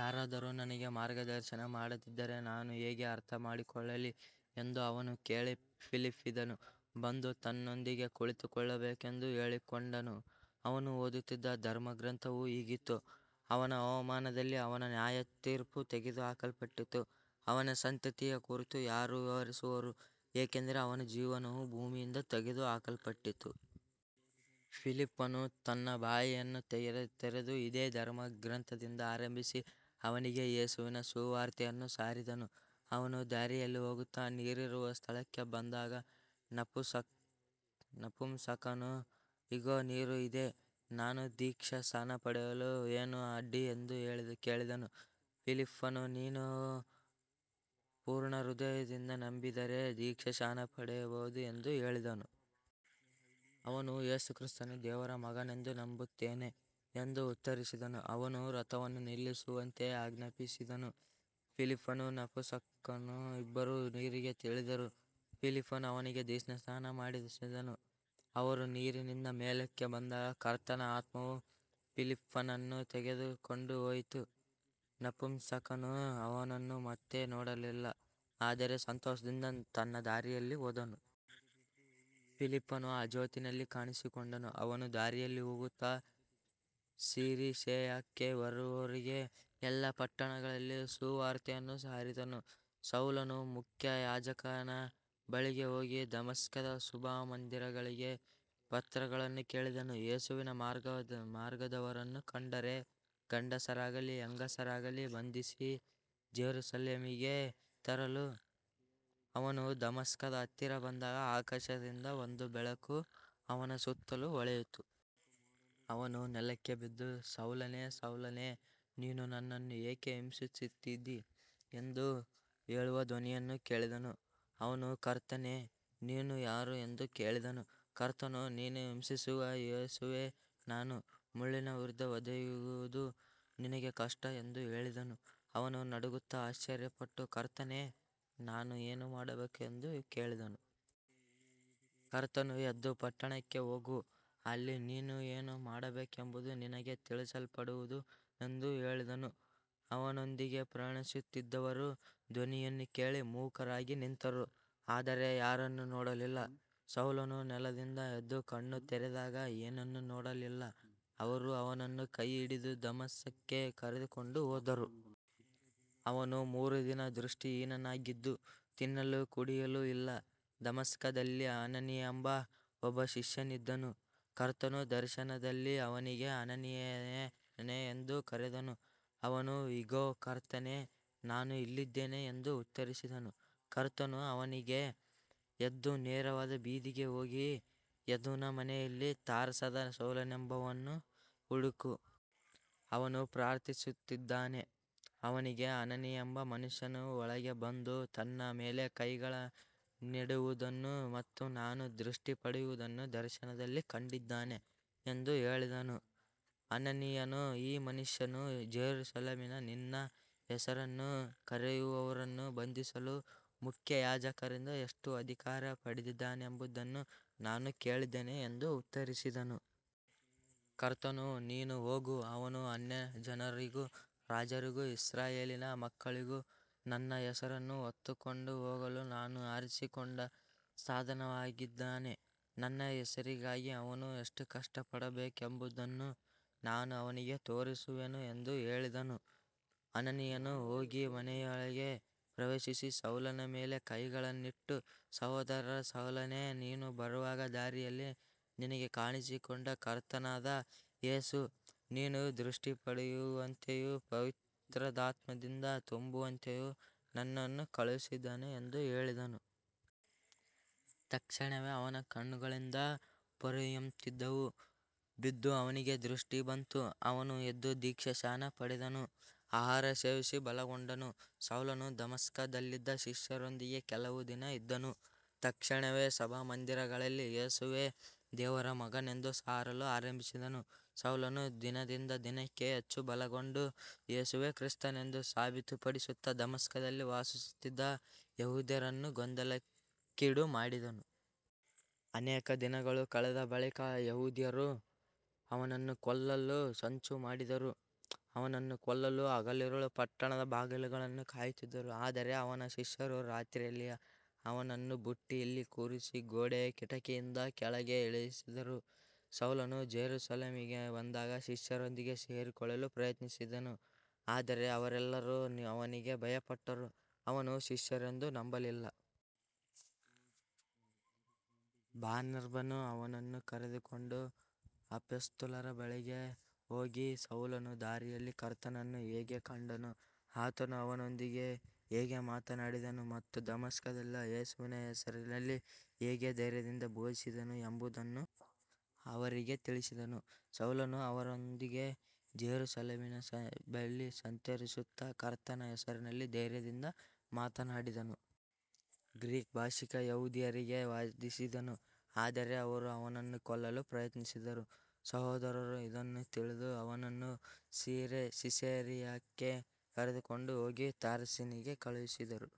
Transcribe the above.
ಯಾರಾದರೂ ನನಗೆ ಮಾರ್ಗದರ್ಶನ ಮಾಡದಿದ್ದರೆ ನಾನು ಹೇಗೆ ಅರ್ಥಮಾಡಿಕೊಳ್ಳಲಿ ಎಂದು ಅವನು ಕೇಳಿ, ಫಿಲಿಪ್ಪನು ಬಂದು ತನ್ನೊಂದಿಗೆ ಕುಳಿತುಕೊಳ್ಳಬೇಕೆಂದು ಕೇಳಿಕೊಂಡನು. ಅವನು ಓದುತ್ತಿದ್ದ ಧರ್ಮಗ್ರಂಥವು ಹೀಗಿತ್ತು, ಅವನ ಅವಮಾನದಲ್ಲಿ ಅವನ ನ್ಯಾಯತೀರ್ಪು ತೆಗೆದುಹಾಕಲ್ಪಟ್ಟಿತು, ಅವನ ಸಂತತಿಯ ಕುರಿತು ಯಾರು ವಿವರಿಸುವರು, ಏಕೆಂದರೆ ಅವನ ಜೀವವು ಭೂಮಿಯಿಂದ ತೆಗೆದುಹಾಕಲ್ಪಟ್ಟಿತು. ಫಿಲಿಪ್ಪನು ತನ್ನ ಬಾಯಿಯನ್ನು ತೆರೆದು ಇದೇ ಧರ್ಮಗ್ರಂಥದಿಂದ ಆರಂಭಿಸಿ ಅವನಿಗೆ ಯೇಸುವಿನ ಸುವಾರ್ತೆಯನ್ನು ಸಾರಿದನು. ಅವರು ದಾರಿಯಲ್ಲಿ ಹೋಗುತ್ತಾ ನೀರಿರುವ ಸ್ಥಳಕ್ಕೆ ಬಂದಾಗ ನಪುಂಸಕನು, ಇಗೋ ನೀರು ಇದೆ, ನಾನು ದೀಕ್ಷಾಸ್ನಾನ ಪಡೆಯಲು ಏನು ಅಡ್ಡಿ ಎಂದು ಕೇಳಿದನು. ಫಿಲಿಪ್ಪನು, ನೀನು ಪೂರ್ಣ ಹೃದಯದಿಂದ ನಂಬಿದರೆ ದೀಕ್ಷಾಸ್ನಾನ ಪಡೆಯಬಹುದು ಎಂದು ಹೇಳಿದನು. ಅವನು, ಯೇಸುಕ್ರಿಸ್ತನು ದೇವರ ಮಗನೆಂದು ನಂಬುತ್ತೇನೆ ಎಂದು ಉತ್ತರಿಸಿದನು. ಅವನು ರಥವನ್ನು ನಿಲ್ಲಿಸುವಂತೆ ಆಜ್ಞಾಪಿಸಿದನು. ಫಿಲಿಪ್ಪನೂ ನಪುಂಸಕನೂ ಇಬ್ಬರೂ ನೀರಿಗೆ ಇಳಿದರು, ಫಿಲಿಪ್ಪನು ಅವನಿಗೆ ದೀಕ್ಷಾಸ್ನಾನ ಮಾಡಿಸಿದನು. ಅವರು ನೀರಿನಿಂದ ಮೇಲಕ್ಕೆ ಬಂದಾಗ ಕರ್ತನ ಆತ್ಮವು ಫಿಲಿಪ್ಪನನ್ನು ತೆಗೆದುಕೊಂಡುಹೋಯಿತು. ನಪುಂಸಕನು ಅವನನ್ನು ಮತ್ತೆ ನೋಡಲಿಲ್ಲ, ಆದರೆ ಸಂತೋಷದಿಂದ ತನ್ನ ದಾರಿಯಲ್ಲಿ ಹೋದನು. ಫಿಲಿಪ್ಪನು ಅಜೋತಿನಲ್ಲಿ ಕಾಣಿಸಿಕೊಂಡನು. ಅವನು ದಾರಿಯಲ್ಲಿ ಹೋಗುತ್ತಾ ಸಿಸೇರಿಯಾಕ್ಕೆ ಬರುವವರೆಗೆ ಎಲ್ಲ ಪಟ್ಟಣಗಳಲ್ಲಿಯೂ ಸುವಾರ್ತೆಯನ್ನು ಸಾರಿದನು. ಸೌಲನು ಮುಖ್ಯಯಾಜಕನ ಬಳಿಗೆ ಹೋಗಿ ದಮಸ್ಕದ ಸಭಾಮಂದಿರಗಳಿಗೆ ಪತ್ರಗಳನ್ನು ಕೇಳಿದನು, ಯೇಸುವಿನ ಮಾರ್ಗದವರನ್ನು ಕಂಡರೆ, ಗಂಡಸರಾಗಲಿ ಹೆಂಗಸರಾಗಲಿ, ಬಂಧಿಸಿ ಯೆರೂಸಲೇಮಿಗೆ ತರಲು. ಅವನು ದಮಸ್ಕದ ಹತ್ತಿರ ಬಂದಾಗ ಆಕಾಶದಿಂದ ಒಂದು ಬೆಳಕು ಅವನ ಸುತ್ತಲೂ ಹೊಳೆಯಿತು. ಅವನು ನೆಲಕ್ಕೆ ಬಿದ್ದು, ಸೌಲನೇ, ಸೌಲನೇ, ನೀನು ನನ್ನನ್ನು ಏಕೆ ಹಿಂಸಿಸುತ್ತೀ ಎಂದು ಹೇಳುವ ಧ್ವನಿಯನ್ನು ಕೇಳಿದನು. ಅವನು, ಕರ್ತನೇ, ನೀನು ಯಾರು ಎಂದು ಕೇಳಿದನು. ಕರ್ತನು, ನೀನು ಹಿಂಸಿಸುವ ಯೇಸುವೇ ನಾನು. ಮುಳ್ಳಿನ ವಿರುದ್ಧ ಒದೆಯುವುದು ನಿನಗೆ ಕಷ್ಟ ಎಂದು ಹೇಳಿದನು. ಅವನು ನಡುಗುತ್ತಾ ಆಶ್ಚರ್ಯಪಟ್ಟು, ಕರ್ತನೇ, ನಾನು ಏನು ಮಾಡಬೇಕು ಎಂದು ಕೇಳಿದನು. ಕರ್ತನು, ಎದ್ದು ಪಟ್ಟಣಕ್ಕೆ ಹೋಗು, ಅಲ್ಲಿ ನೀನು ಏನು ಮಾಡಬೇಕೆಂಬುದು ನಿನಗೆ ತಿಳಿಸಲ್ಪಡುವುದು ಎಂದು ಹೇಳಿದನು. ಅವನೊಂದಿಗೆ ಪ್ರಯಾಣಿಸುತ್ತಿದ್ದವರು ಧ್ವನಿಯನ್ನು ಕೇಳಿ ಮೂಕರಾಗಿ ನಿಂತರು, ಆದರೆ ಯಾರನ್ನೂ ನೋಡಲಿಲ್ಲ. ಸೌಲನು ನೆಲದಿಂದ ಎದ್ದು ಕಣ್ಣು ತೆರೆದಾಗ ಏನನ್ನೂ ನೋಡಲಿಲ್ಲ. ಅವರು ಅವನನ್ನು ಕೈಹಿಡಿದು ದಮಸ್ಕಕ್ಕೆ ಕರೆದುಕೊಂಡು ಹೋದರು. ಅವನು ಮೂರು ದಿನ ದೃಷ್ಟಿಹೀನನಾಗಿದ್ದು, ತಿನ್ನಲೂ ಕುಡಿಯಲೂ ಇಲ್ಲ. ದಮಸ್ಕದಲ್ಲಿ ಅನನೀಯನೆಂಬ ಒಬ್ಬ ಶಿಷ್ಯನಿದ್ದನು. ಕರ್ತನು ದರ್ಶನದಲ್ಲಿ ಅವನಿಗೆ, ಅನನೀಯನೇ ಎಂದು ಕರೆದನು. ಅವನು, ಇಗೋ, ಕರ್ತನೇ, ನಾನು ಇಲ್ಲಿದ್ದೇನೆ ಎಂದು ಉತ್ತರಿಸಿದನು. ಕರ್ತನು ಅವನಿಗೆ, ಎದ್ದು ನೇರವಾದ ಬೀದಿಗೆ ಹೋಗಿ ಯೂದನ ಮನೆಯಲ್ಲಿ ತಾರ್ಸದ ಸೌಲನೆಂಬವನನ್ನು ಹುಡುಕು. ಅವನು ಪ್ರಾರ್ಥಿಸುತ್ತಿದ್ದಾನೆ. ಅವನಿಗೆ ಅನನೀಯನೆಂಬ ಮನುಷ್ಯನು ಒಳಗೆ ಬಂದು ತನ್ನ ಮೇಲೆ ಕೈಗಳನ್ನಿಡುವುದನ್ನು ಮತ್ತು ತಾನು ದೃಷ್ಟಿ ಪಡೆಯುವುದನ್ನು ದರ್ಶನದಲ್ಲಿ ಕಂಡಿದ್ದಾನೆ ಎಂದು ಹೇಳಿದನು. ಅನನೀಯನು, ಈ ಮನುಷ್ಯನು ಯೆರೂಸಲೇಮಿನಲ್ಲಿ ನಿನ್ನ ಹೆಸರನ್ನು ಕರೆಯುವವರನ್ನು ಬಂಧಿಸಲು ಮುಖ್ಯಯಾಜಕರಿಂದ ಎಷ್ಟು ಅಧಿಕಾರ ಪಡೆದಿದ್ದಾನೆಂಬುದನ್ನು ನಾನು ಕೇಳಿದ್ದೇನೆ ಎಂದು ಉತ್ತರಿಸಿದನು. ಕರ್ತನು, ನೀನು ಹೋಗು, ಅವನು ಅನ್ಯಜನರಿಗೂ ರಾಜರಿಗೂ ಇಸ್ರಾಯೇಲಿನ ಮಕ್ಕಳಿಗೂ ನನ್ನ ಹೆಸರನ್ನು ಹೊತ್ತುಕೊಂಡು ಹೋಗಲು ನಾನು ಆರಿಸಿಕೊಂಡ ಸಾಧನವಾಗಿದ್ದಾನೆ. ನನ್ನ ಹೆಸರಿಗಾಗಿ ಅವನು ಎಷ್ಟು ಕಷ್ಟಪಡಬೇಕೆಂಬುದನ್ನು ನಾನು ಅವನಿಗೆ ತೋರಿಸುವೆನು ಎಂದು ಹೇಳಿದನು. ಅನನೀಯನು ಹೋಗಿ ಮನೆಯೊಳಗೆ ಪ್ರವೇಶಿಸಿ ಸೌಲನ ಮೇಲೆ ಕೈಗಳನ್ನಿಟ್ಟು, ಸಹೋದರ ಸೌಲನೇ, ನೀನು ಬರುವಾಗ ದಾರಿಯಲ್ಲಿ ನಿನಗೆ ಕಾಣಿಸಿಕೊಂಡ ಕರ್ತನಾದ ಯೇಸು, ನೀನು ದೃಷ್ಟಿ ಪಡೆಯುವಂತೆಯೂ ಪವಿತ್ರಾತ್ಮದಿಂದ ತುಂಬುವಂತೆಯೂ ನನ್ನನ್ನು ಕಳುಹಿಸಿದ್ದಾನೆ ಎಂದು ಹೇಳಿದನು. ತಕ್ಷಣವೇ ಅವನ ಕಣ್ಣುಗಳಿಂದ ಪೊರೆಯಂತಿದ್ದವು ಬಿದ್ದು ಅವನಿಗೆ ದೃಷ್ಟಿ ಬಂತು. ಅವನು ಎದ್ದು ದೀಕ್ಷಾಸ್ನಾನ ಪಡೆದನು. ಆಹಾರ ಸೇವಿಸಿ ಬಲಗೊಂಡನು. ಸೌಲನು ದಮಸ್ಕದಲ್ಲಿದ್ದ ಶಿಷ್ಯರೊಂದಿಗೆ ಕೆಲವು ದಿನ ಇದ್ದನು. ತಕ್ಷಣವೇ ಸಭಾಮಂದಿರಗಳಲ್ಲಿ ಯೇಸುವೇ ದೇವರ ಮಗನೆಂದು ಸಾರಲು ಆರಂಭಿಸಿದನು. ಸೌಲನು ದಿನದಿಂದ ದಿನಕ್ಕೆ ಹೆಚ್ಚು ಬಲಗೊಂಡು, ಯೇಸುವೇ ಕ್ರಿಸ್ತನೆಂದು ಸಾಬೀತುಪಡಿಸುತ್ತಾ ದಮಸ್ಕದಲ್ಲಿ ವಾಸಿಸುತ್ತಿದ್ದ ಯೆಹೂದ್ಯರನ್ನು ಗೊಂದಲಕ್ಕೀಡುಮಾಡಿದನು. ಅನೇಕ ದಿನಗಳು ಕಳೆದ ಬಳಿಕ ಯೆಹೂದ್ಯರು ಅವನನ್ನು ಕೊಲ್ಲಲು ಸಂಚು ಮಾಡಿದರು. ಅವನನ್ನು ಕೊಲ್ಲಲು ಹಗಲಿರುಳು ಪಟ್ಟಣದ ಬಾಗಿಲುಗಳನ್ನು ಕಾಯುತ್ತಿದ್ದರು. ಆದರೆ ಅವನ ಶಿಷ್ಯರು ರಾತ್ರಿಯಲ್ಲಿ ಅವನನ್ನು ಬುಟ್ಟಿಯಲ್ಲಿ ಕೂರಿಸಿ ಗೋಡೆಯ ಕಿಟಕಿಯಿಂದ ಕೆಳಗೆ ಇಳಿಸಿದರು. ಸೌಲನು ಯೆರೂಸಲೇಮಿಗೆ ಬಂದಾಗ ಶಿಷ್ಯರೊಂದಿಗೆ ಸೇರಿಕೊಳ್ಳಲು ಪ್ರಯತ್ನಿಸಿದನು, ಆದರೆ ಅವರೆಲ್ಲರೂ ಅವನಿಗೆ ಭಯಪಟ್ಟರು, ಅವನು ಶಿಷ್ಯನೆಂದು ನಂಬಲಿಲ್ಲ. ಬಾರ್ನಬನು ಅವನನ್ನು ಕರೆದುಕೊಂಡು ಅಪೊಸ್ತಲರ ಬಳಿಗೆ ಹೋಗಿ, ಸೌಲನು ದಾರಿಯಲ್ಲಿ ಕರ್ತನನ್ನು ಹೇಗೆ ಕಂಡನು, ಆತನು ಅವನೊಂದಿಗೆ ಹೇಗೆ ಮಾತನಾಡಿದನು ಮತ್ತು ದಮಸ್ಕದಲ್ಲಿ ಯೇಸುವಿನ ಹೆಸರಿನಲ್ಲಿ ಹೇಗೆ ಧೈರ್ಯದಿಂದ ಬೋಧಿಸಿದನು ಎಂಬುದನ್ನು ಅವರಿಗೆ ತಿಳಿಸಿದನು. ಸೌಲನು ಅವರೊಂದಿಗೆ ಯೆರೂಸಲೇಮಿನಲ್ಲಿ ಸಂಚರಿಸುತ್ತಾ ಕರ್ತನ ಹೆಸರಿನಲ್ಲಿ ಧೈರ್ಯದಿಂದ ಮಾತನಾಡಿದನು. ಗ್ರೀಕ್ ಭಾಷಿಕ ಯೆಹೂದ್ಯರೊಂದಿಗೆ ವಾದಿಸಿದನು, ಆದರೆ ಅವರು ಅವನನ್ನು ಕೊಲ್ಲಲು ಪ್ರಯತ್ನಿಸಿದರು. ಸಹೋದರರು ಇದನ್ನು ತಿಳಿದು ಅವನನ್ನು ಸಿಸೇರಿಯಾಕ್ಕೆ ಕರೆದುಕೊಂಡು ಹೋಗಿ ತಾರ್ಸಸಿಗೆ ಕಳುಹಿಸಿದರು.